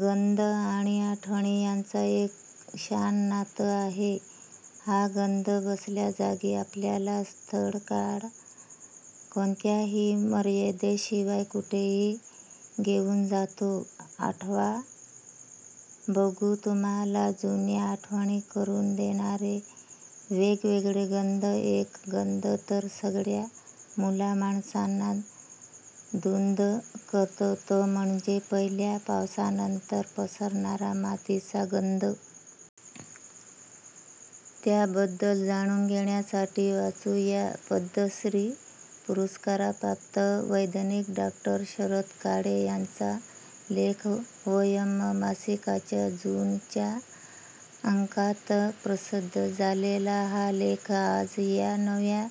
गंध आणि आठवणी याचं एक छान नातं आहे. हा गंध बसल्याजागी आपल्याला स्थळ-काळ कोणत्याही मर्यादेशिवाय कुठेही घेऊन जातो. आठवा बघू तुम्हाला जुन्या आठवणी करून देणारे वेगवेगळे गंध! एक गंध तर सगळ्या मुला-माणसांना धुंद करतो तो म्हणजे पहिल्या पावसानंतर पसरणारा मातीचा गंध... त्याबद्दल जाणून घेण्यासाठी वाचू या पद्मश्री पुरस्कारप्राप्त वैज्ञानिक डॉ. शरद काळे यांचा लेख! 'वयम्' मासिकाच्या जून च्या अंकात प्रसिद्ध झालेला हा लेख आज या नव्या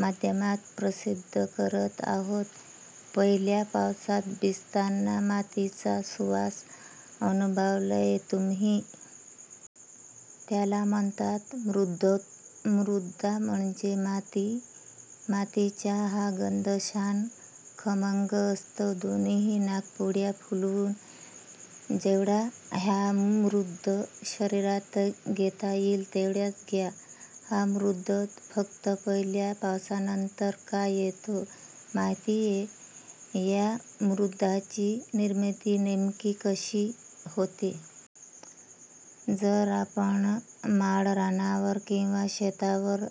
माध्यमात प्रसिद्ध करत आहोत. पहिल्या पावसात भिजताना मातीचा सुवास अनुभवलाय तुम्ही? त्याला म्हणतात मृद्गंध. मृदा म्हणजे माती. मातीच्या हा गंध छान खमंग असतो. दोन्ही नाकपुड्या फुलवून जेवढा हा मृद्गंध शरीरात घेता येईल तेवढा घ्या. हा मृद्गंध फक्त पहिल्या पावसानंतरच कां येतो, माहितीये? या मृद्गंधाची निर्मिती नेमकी कशी होते? जर आपण माळरानावर किंवा शेतावर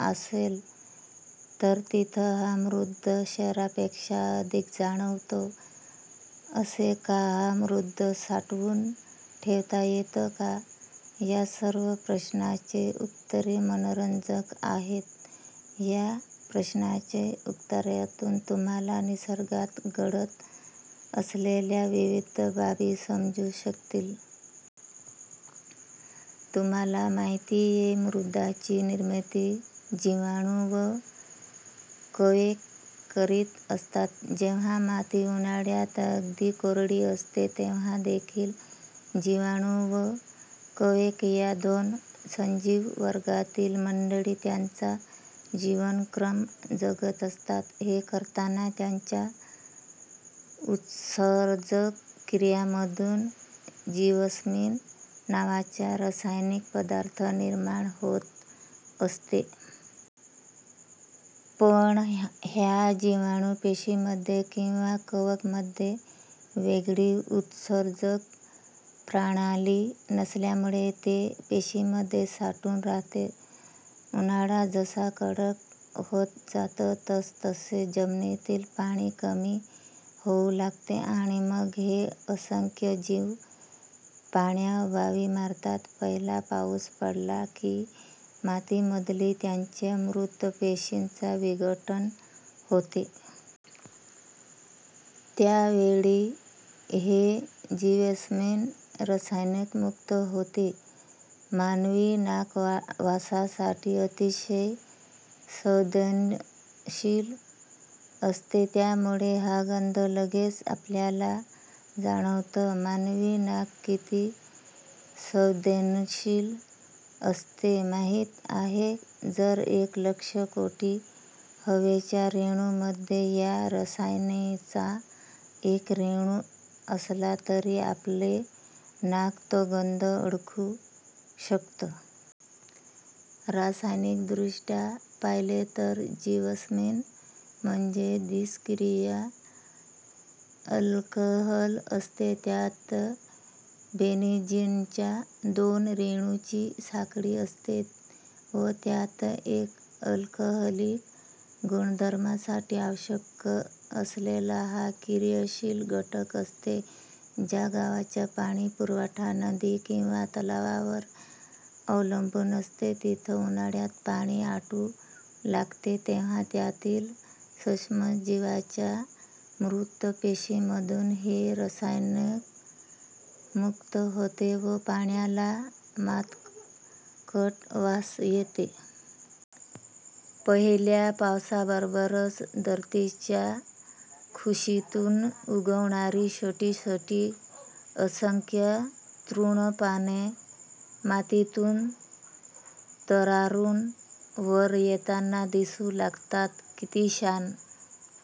अ सलो तर तिथे हा मृद्गंध शहरापेक्षा अधिक जाणवतो. असे कां? हा मृद्गंध साठवून ठेवता येतो का? या सर्व प्रश्नांची उत्तरे मनोरंजक आहेत. या प्रश्नांच्या उत्तरातून तुम्हांला निसर्गात घडत असलेल्या विविध बाबी समजू शकतील. तुम्हांला माहितीये, मृद्गंधाची निर्मिती जीवाणू व कवके करीत असतात. जेव्हा माती उन्हाळ्यात अगदी कोरडी असते, तेव्हा देखील जीवाणू व कवके या दोन सजीव वर्गातील मंडळी त्यांचा जीवनक्रम जगत असतात. हे करताना त्यांच्या उत्सर्जक क्रियांमधून जिओस्मिन' नावाचा रासायनिक पदार्थ निर्माण होत असतो. पण ह्या जीवाणू पेशींमध्ये किंवा कवकांमध्ये वेगळी उत्सर्जक प्रणाली नसल्यामुळे ते पेशींमध्ये साठून राहते. उन्हाळा जसा कडक होत जातो, तसतसे जमिनीतील पाणी कमी होऊ लागते आणि मग हे असंख्य जीव पाण्याअभावी मरतात. पहिला पाऊस पडला की मातीमधील त्यांच्या मृत पेशीचे विघटन होते. त्यावेळी हे जिओस्मिन रसायन मुक्त होते. मानवी नाक वासासाठी अतिशय संवेदनशील असते. त्यामुळे हा गंध लगेच आपल्याला जाणवतो. मानवी नाक किती संवेदनशील असते, माहीत आहे? जर एक लक्ष कोटी हवेच्या रेणूंमध्ये या रसायनाचा एक रेणू असला, तरी आपले नाक तो गंध ओळखू शकतो! रासायनिक दृष्ट्या पाहिले तर जिओस्मिन म्हणजे द्विचक्रीय अल्कोहोल असते. त्यात बेन्झीनच्या दोन रेणूंची साखळी असते व त्यात एक अल्कोहोलिक गुणधर्मासाठी आवश्यक असलेला हा क्रियाशील घटक असतो. ज्या गावचा पाणीपुरवठा नदी किंवा तलावावर अवलंबून असतो, तिथे उन्हाळ्यात पाणी आटू लागते, तेव्हा त्यातील सूक्ष्म जीवांच्या मृत पेशींमधून हे रसायन मुक्त होते व पाण्याला मातकट वास येतो. पहिल्या पावसाबरोबरच धरतीच्या कुशीतून उगवणारी छोटी छोटी असंख्य तृणपाने मातीतून तरारून वर येताना दिसू लागतात. किती छान